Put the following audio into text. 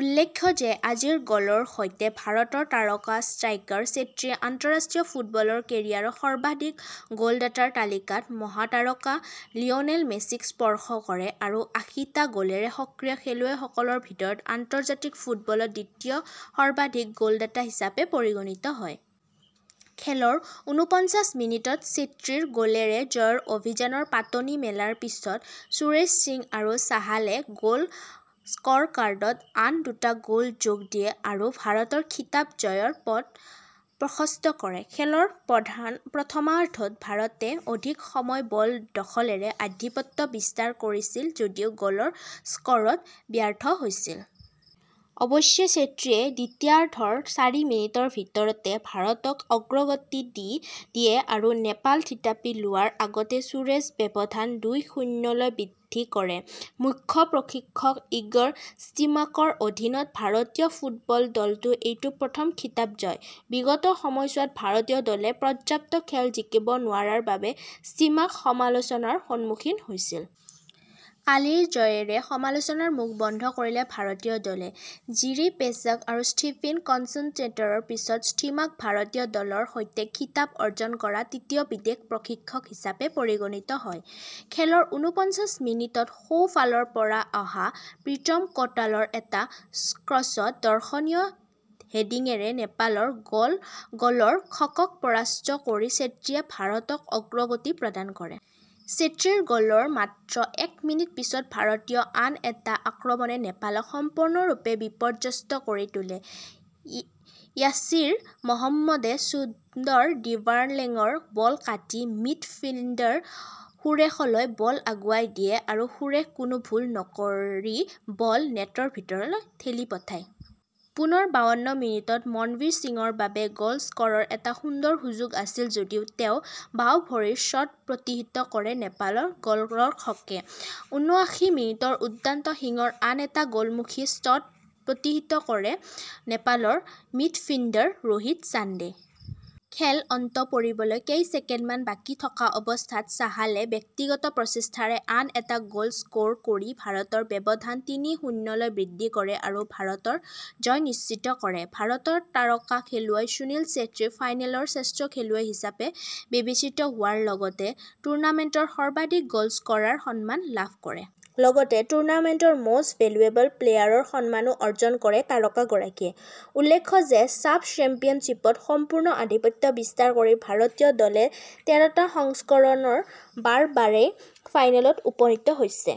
​উল্লেখ্য যে আজিৰ গ'লৰ সৈতে ভাৰতৰ তাৰকা ষ্ট্ৰাইকাৰ ছেত্ৰীয়ে আন্তঃৰাষ্ট্ৰীয় ফুটবলৰ কেৰিয়াৰত সৰ্বাধিক গ'লদাতাৰ তালিকাত মহাতাৰকা লিঅনেল মেছিক স্পৰ্শ কৰে আৰু আশীটা গ'লেৰে সক্ৰিয় খেলুৱৈসকলৰ ভিতৰত আন্তৰ্জাতিক ফুটবলত দ্বিতীয় সৰ্বাধিক গ'লদাতা হিচাপে পৰিগণিত হয়। খেলৰ উনপঞ্চাশ মিনিটত ছেত্ৰীৰ গ'লেৰে জয়ৰ অভিযানৰ পাতনি মেলাৰ পিছত সুৰেশ সিং আৰু চাহালে গ'ল স্ক'ৰকাৰ্ডত আন দুটা গ'ল যোগ দিয়ে আৰু ভাৰতৰ খিতাপ জয়ৰ পথ প্ৰশস্ত কৰে। খেলৰ প্ৰথমাৰ্ধত ভাৰতে অধিক সময় বল দখলেৰে আধিপত্য বিস্তাৰ কৰিছিল যদিও গ'ল স্ক'ৰত ব্যৰ্থ হৈছিল। অৱশ্যে ছেত্ৰীয়ে দ্বিতীয়াৰ্ধৰ চাৰি মিনিটৰ ভিতৰতে ভাৰতক অগ্ৰগতি দি দিয়ে আৰু নেপাল থিতাপি লোৱাৰ আগতে সুৰেশ ব্যৱধান দুই-শূন্যলৈ বৃদ্ধি কৰে। মুখ্য প্ৰশিক্ষক ইগৰ ষ্টিমাকৰ অধীনত ভাৰতীয় ফুটবল দলৰ এইটো প্ৰথম খিতাপ জয়। বিগত সময়ছোৱাত ভাৰতীয় দলে পৰ্যাপ্ত খেল জিকিব নোৱাৰাৰ বাবে ষ্টিমাক সমালোচনাৰ সন্মুখীন হৈছিল। কালিৰ জয়েৰে সমালোচকৰ মুখ বন্ধ কৰিলে ভাৰতীয় দলে। জিৰি পেছেক আৰু ষ্টিফিন কন্সটেণ্টনতেটৰৰ পিছত ষ্টিমাক ভাৰতীয় দলৰ সৈতে খিতাপ অৰ্জন কৰা তৃতীয় বিদেশ প্ৰশিক্ষক হিচাপে পৰিগণিত হয়। খেলৰ উনপঞ্চাশ মিনিটত সোঁ ফালৰ পৰা অহা প্ৰীতম কোটালৰ এটা ক্ৰছত দৰ্শনীয় হেডিঙেৰে নেপালৰ গ'ল গলৰ খকক পৰাস্ত কৰি ছেত্ৰীয়ে ভাৰতক অগ্ৰগতি প্ৰদান কৰে। ছেত্ৰীৰ গ'লৰ মাত্ৰ এক মিনিট পিছত ভাৰতীয় আন এটা আক্ৰমণে নেপালক সম্পূৰ্ণৰূপে বিপৰ্যস্ত কৰি তোলে। ইয়াছিৰ মহম্মদে চুন্দৰ ড্ৰিবাৰলেঙৰ বল কাটি মিড ফিল্ডাৰ সুৰেশলৈ বল আগুৱাই দিয়ে আৰু সুৰেশ কোনো ভুল নকৰি বল নেটৰ ভিতৰলৈ ঠেলি পঠায়। পুনৰ বাৱন্ন মিনিটত মনবীৰ সিঙৰ বাবে গ'ল স্ক'ৰৰ এটা সুন্দৰ সুযোগ আছিল যদিও তেওঁৰ বাওঁ ভৰিৰ শ্বট প্ৰতিহিত কৰে নেপালৰ গ'লৰক্ষকে। উনআশী মিনিটৰ উদান্ত সিঙৰ আন এটা গ'লমূখী শ্বট প্ৰতিহিত কৰে নেপালৰ মিডফিল্ডাৰ ৰোহিত চান্দে। খেল অন্ত পৰিবলৈ কেই ছেকেণ্ডমান বাকী থকা অৱস্থাত চাহালে ব্যক্তিগত প্ৰচেষ্টাৰে আন এটা গ'ল স্ক'ৰ কৰি ভাৰতৰ ব্যৱধান তিনি-শূন্যলৈ বৃদ্ধি কৰে আৰু ভাৰতৰ জয় নিশ্চিত কৰে। ভাৰতৰ তাৰকা খেলুৱৈ সুনীল ছেত্ৰী ফাইনেলৰ শ্ৰেষ্ঠ খেলুৱৈ হিচাপে বিবেচিত হোৱাৰ লগতে টুৰ্নামেণ্টৰ সৰ্বাধিক গ'লস্ক'ৰাৰ সন্মান লাভ কৰে। লগতে টুৰ্নামেণ্টৰ মষ্ট ভেলুৱেবল প্লেয়াৰৰ সন্মানো অৰ্জন কৰে তাৰকাগৰাকীয়ে। উল্লেখ্য যে ছাফ চেম্পিয়নশ্বিপত সম্পূৰ্ণ আধিপত্য বিস্তাৰ কৰি ভাৰতীয় দলে তেৰটা সংস্কৰণৰ বাৰবাৰেই ফাইনেলত উপনীত হৈছে।